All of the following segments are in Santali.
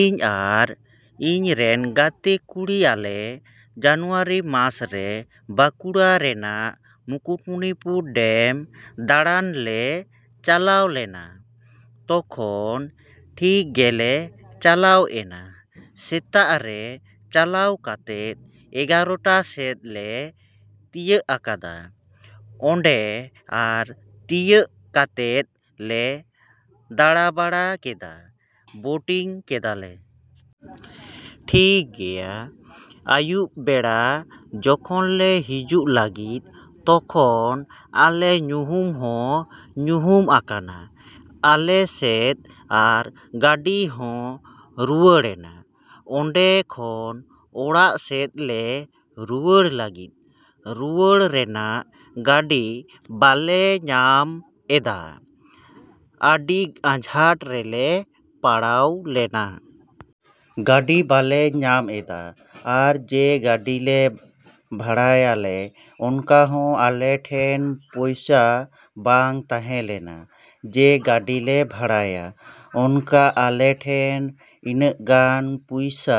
ᱤᱧ ᱟᱨ ᱤᱧ ᱨᱮᱱ ᱜᱟᱛᱮ ᱠᱩᱲᱤ ᱟᱞᱮ ᱡᱟᱱᱩᱭᱟᱨᱤ ᱢᱟᱥ ᱨᱮ ᱵᱟᱸᱠᱩᱲᱟ ᱨᱮᱱᱟᱜ ᱢᱩᱠᱩᱴᱢᱚᱱᱤᱯᱩᱨ ᱰᱮᱢ ᱫᱟᱬᱟᱱ ᱞᱮ ᱪᱟᱞᱟᱣ ᱞᱮᱱᱟ᱾ ᱛᱚᱠᱷᱚᱱ ᱴᱷᱤᱠ ᱜᱮᱞᱮ ᱪᱟᱞᱟᱣ ᱮᱱᱟ᱾ ᱥᱮᱛᱟᱜ ᱨᱮ ᱪᱟᱞᱟᱣ ᱠᱟᱛᱮᱫ ᱮᱜᱟᱨᱚᱴᱟ ᱥᱮᱫ ᱞᱮ ᱛᱤᱭᱟᱹᱜ ᱟᱠᱟᱫᱟ ᱚᱸᱰᱮ ᱟᱨ ᱛᱤᱭᱟᱹᱜ ᱠᱟᱛᱮᱫ ᱞᱮ ᱫᱟᱬᱟᱵᱟᱲᱟ ᱠᱮᱫᱟ, ᱵᱳᱴᱤᱝ ᱠᱮᱫᱟᱞᱮ᱾ ᱴᱷᱤᱠ ᱜᱮᱭᱟ, ᱟᱹᱭᱩᱵ ᱵᱮᱲᱟ ᱡᱚᱠᱷᱚᱱ ᱞᱮ ᱦᱤᱡᱩᱜ ᱞᱟᱹᱜᱤᱫ ᱛᱚᱠᱷᱚᱱ ᱟᱞᱮ ᱧᱩᱦᱩᱢ ᱦᱚᱸ ᱧᱩᱦᱩᱢ ᱟᱠᱟᱱᱟ ᱟᱞᱮ ᱥᱮᱫ ᱟᱨ ᱜᱟᱹᱰᱤ ᱦᱚᱸ ᱨᱩᱣᱟᱹᱲᱮᱱᱟ ᱚᱸᱰᱮ ᱠᱷᱚᱱ ᱚᱲᱟᱜ ᱥᱮᱫ ᱞᱮ ᱨᱩᱣᱟᱹᱲ ᱞᱟᱹᱜᱤᱫ᱾ ᱨᱩᱣᱟᱹᱲ ᱨᱮᱱᱟᱜ ᱜᱟᱹᱰᱤ ᱵᱟᱞᱮ ᱧᱟᱢ ᱮᱫᱟ, ᱟᱹᱰᱤ ᱟᱸᱡᱷᱟᱴ ᱨᱮᱞᱮ ᱯᱟᱲᱟᱣ ᱞᱮᱱᱟ᱾ ᱜᱟᱹᱰᱤ ᱵᱟᱞᱮ ᱧᱟᱢ ᱮᱫᱟ ᱟᱨ ᱡᱮ ᱜᱟᱹᱰᱤ ᱞᱮ ᱵᱷᱟᱲᱟᱭᱟᱞᱮ ᱚᱱᱠᱟ ᱦᱚᱸ ᱟᱞᱮ ᱴᱷᱮᱱ ᱯᱩᱭᱥᱟᱹ ᱵᱟᱝ ᱛᱟᱦᱮᱸ ᱞᱮᱱᱟ᱾ ᱡᱮ ᱜᱟᱹᱰᱤ ᱞᱮ ᱵᱷᱟᱲᱟᱭᱟ ᱚᱱᱠᱟ ᱟᱞᱮ ᱴᱷᱮᱱ ᱤᱱᱟᱹᱜ ᱜᱟᱱ ᱯᱩᱭᱥᱟᱹ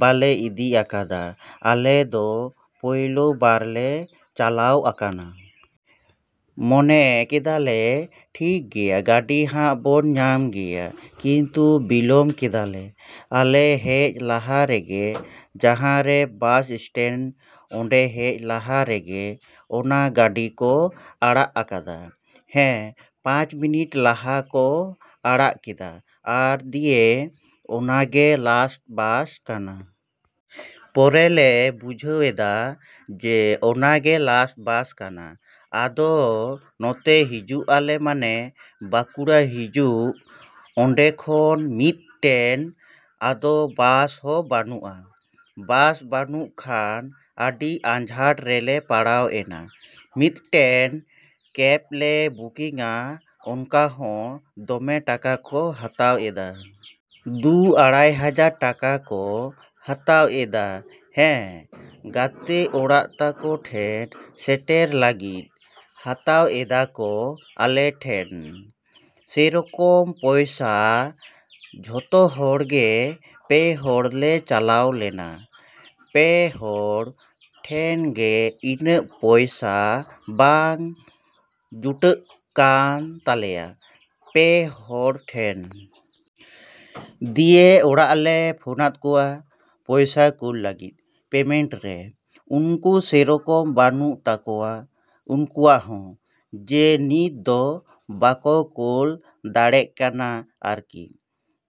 ᱵᱟᱞᱮ ᱤᱫᱤ ᱟᱠᱟᱫᱟ᱾ ᱟᱞᱮ ᱫᱚ ᱯᱳᱭᱞᱳ ᱵᱟᱨᱞᱮ ᱪᱟᱞᱟᱣ ᱟᱠᱟᱱᱟ᱾ ᱢᱚᱱᱮ ᱠᱮᱫᱟ ᱞᱮ ᱴᱷᱤᱠ ᱜᱮᱭᱟ ᱜᱟᱹᱰᱤ ᱦᱟᱜ ᱵᱚᱱ ᱧᱟᱢ ᱜᱮᱭᱟ ᱠᱤᱱᱛᱩ ᱵᱤᱞᱚᱢ ᱠᱮᱫᱟᱞᱮ᱾ ᱟᱞᱮ ᱦᱮᱡ ᱞᱟᱦᱟ ᱨᱮᱜᱮ ᱡᱟᱦᱟᱸ ᱨᱮ ᱵᱟᱥ ᱮᱥᱴᱮᱱᱴ ᱚᱸᱰᱮ ᱦᱮᱡ ᱞᱟᱦᱟ ᱨᱮᱜᱮ ᱚᱱᱟ ᱜᱟᱹᱰᱤ ᱠᱚ ᱟᱲᱟᱜ ᱟᱠᱟᱫᱟ᱾ ᱦᱮᱸ, ᱯᱟᱸᱪ ᱢᱤᱱᱤᱴ ᱞᱟᱦᱟ ᱠᱚ ᱟᱲᱟᱜ ᱠᱮᱫᱟ ᱟᱨ ᱫᱤᱭᱮ ᱚᱱᱟ ᱜᱮ ᱞᱟᱥᱴ ᱵᱟᱥ ᱠᱟᱱᱟ᱾ ᱯᱚᱨᱮ ᱞᱮ ᱵᱩᱡᱷᱟᱹᱣᱮᱫᱟ ᱡᱮ ᱚᱱᱟ ᱜᱮ ᱞᱟᱥᱴ ᱵᱟᱥ ᱠᱟᱱᱟ᱾ ᱟᱫᱚ ᱱᱚᱛᱮ ᱦᱤᱡᱩᱜ ᱟᱞᱮ ᱢᱟᱱᱮ ᱵᱟᱸᱠᱩᱲᱟ ᱦᱤᱡᱩᱜ ᱚᱸᱰᱮ ᱠᱷᱚᱱ ᱢᱤᱫᱴᱮᱱ ᱟᱫᱚ ᱵᱟᱥ ᱦᱚᱸ ᱵᱟᱱᱩᱜᱼᱟ᱾ ᱵᱟᱥ ᱵᱟᱹᱱᱩᱜ ᱠᱷᱟᱱ ᱟᱹᱰᱤ ᱟᱸᱡᱷᱟᱴ ᱨᱮᱞᱮ ᱯᱟᱲᱟᱣ ᱮᱱᱟ᱾ ᱢᱤᱫᱴᱮᱱ ᱠᱮᱯ ᱞᱮ ᱵᱩᱠᱤᱝᱟ ᱚᱱᱠᱟ ᱦᱚᱸ ᱫᱚᱢᱮ ᱴᱟᱠᱟ ᱠᱚ ᱦᱟᱛᱟᱣ ᱮᱫᱟ᱾ ᱫᱩ ᱟᱲᱟᱭ ᱦᱟᱡᱟᱨ ᱴᱟᱠᱟ ᱠᱚ ᱦᱟᱛᱟᱣ ᱮᱫᱟ ᱦᱮᱸ, ᱜᱟᱛᱮ ᱚᱲᱟᱜ ᱛᱟᱠᱚ ᱴᱷᱮᱱ ᱥᱮᱴᱮᱨ ᱞᱟᱹᱜᱤᱫ᱾ ᱦᱟᱛᱟᱣ ᱮᱫᱟ ᱠᱚ ᱟᱞᱮ ᱴᱷᱮᱱ ᱥᱮᱨᱚᱠᱚᱢ ᱯᱚᱭᱥᱟ᱾ ᱡᱚᱛᱚ ᱦᱚᱲ ᱜᱮ ᱯᱮ ᱦᱚᱲ ᱞᱮ ᱪᱟᱞᱟᱣ ᱞᱮᱱᱟ᱾ ᱯᱮ ᱦᱚᱲ ᱴᱷᱮᱱ ᱜᱮ ᱤᱱᱟᱹᱜ ᱯᱚᱭᱥᱟ ᱵᱟᱝ ᱡᱩᱴᱟᱹᱜ ᱠᱟᱱ ᱛᱟᱞᱮᱭᱟ ᱯᱮ ᱦᱚᱲ ᱴᱷᱮᱱ᱾ ᱫᱤᱭᱮ ᱚᱲᱟᱜ ᱞᱮ ᱯᱷᱳᱱᱟᱫ ᱠᱚᱣᱟ ᱯᱚᱭᱥᱟ ᱠᱳᱞ ᱞᱟᱹᱜᱤᱫ ᱯᱮᱢᱮᱱᱴ ᱨᱮ᱾ ᱩᱱᱠᱩ ᱥᱮᱨᱚᱠᱚᱢ ᱵᱟᱹᱱᱩᱜ ᱛᱟᱠᱚᱣᱟ ᱩᱱᱠᱩᱣᱟᱜ ᱦᱚᱸ ᱡᱮ ᱱᱤᱛ ᱫᱚ ᱵᱟᱠᱚ ᱠᱳᱞ ᱫᱟᱲᱮᱜ ᱠᱟᱱᱟ ᱟᱨᱠᱤ᱾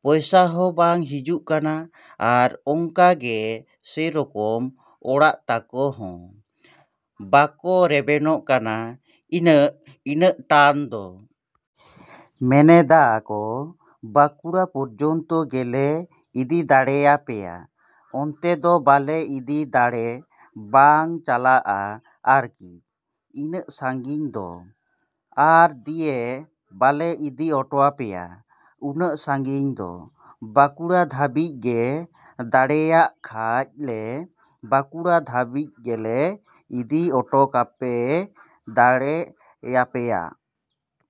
ᱯᱚᱭᱥᱟ ᱦᱚᱸ ᱵᱟᱝ ᱦᱩᱭᱩᱜ ᱠᱟᱱᱟ ᱟᱨ ᱚᱝᱠᱟ ᱜᱮ ᱥᱮᱨᱚᱠᱚᱢ ᱚᱲᱟᱜ ᱛᱟᱠᱚ ᱦᱚᱸ ᱵᱟᱠᱚ ᱨᱮᱵᱮᱱᱚᱜ ᱠᱟᱱᱟ ᱤᱱᱟᱜ ᱤᱱᱟᱜᱴᱟᱱ ᱫᱚ᱾ ᱢᱮᱱᱮᱫᱟ ᱠᱚ ᱵᱟᱸᱠᱩᱲᱟ ᱯᱚᱡᱚᱱᱛᱚ ᱜᱮᱞᱮ ᱤᱫᱤ ᱫᱟᱲᱮᱭᱟᱯᱮᱭᱟ ᱚᱱᱛᱮ ᱫᱚ ᱵᱟᱞᱮ ᱤᱫᱤ ᱫᱟᱲᱮ, ᱵᱟᱝ ᱪᱟᱞᱟᱜᱼᱟ ᱟᱨᱠᱤ ᱤᱱᱟᱹᱜ ᱥᱟᱺᱜᱤᱧ ᱫᱚ ᱟᱨ ᱫᱤᱭᱮ ᱵᱟᱞᱮ ᱤᱫᱤ ᱚᱴᱚᱭᱟᱯᱮᱭᱟ ᱩᱱᱟᱹᱜ ᱥᱟᱺᱜᱤᱧ ᱫᱚ᱾ ᱵᱟᱸᱠᱩᱲᱟ ᱫᱷᱟᱹᱵᱤᱡ ᱜᱮ ᱸ, ᱫᱟᱲᱮᱭᱟᱜ ᱠᱷᱟᱡ ᱞᱮ ᱵᱟᱸᱠᱩᱲᱟ ᱫᱷᱟᱹᱵᱤᱡ ᱜᱮᱞᱮ ᱤᱫᱤ ᱚᱴᱚ ᱠᱟᱯᱮ ᱫᱟᱲᱮ ᱭᱟᱯᱮᱭᱟ᱾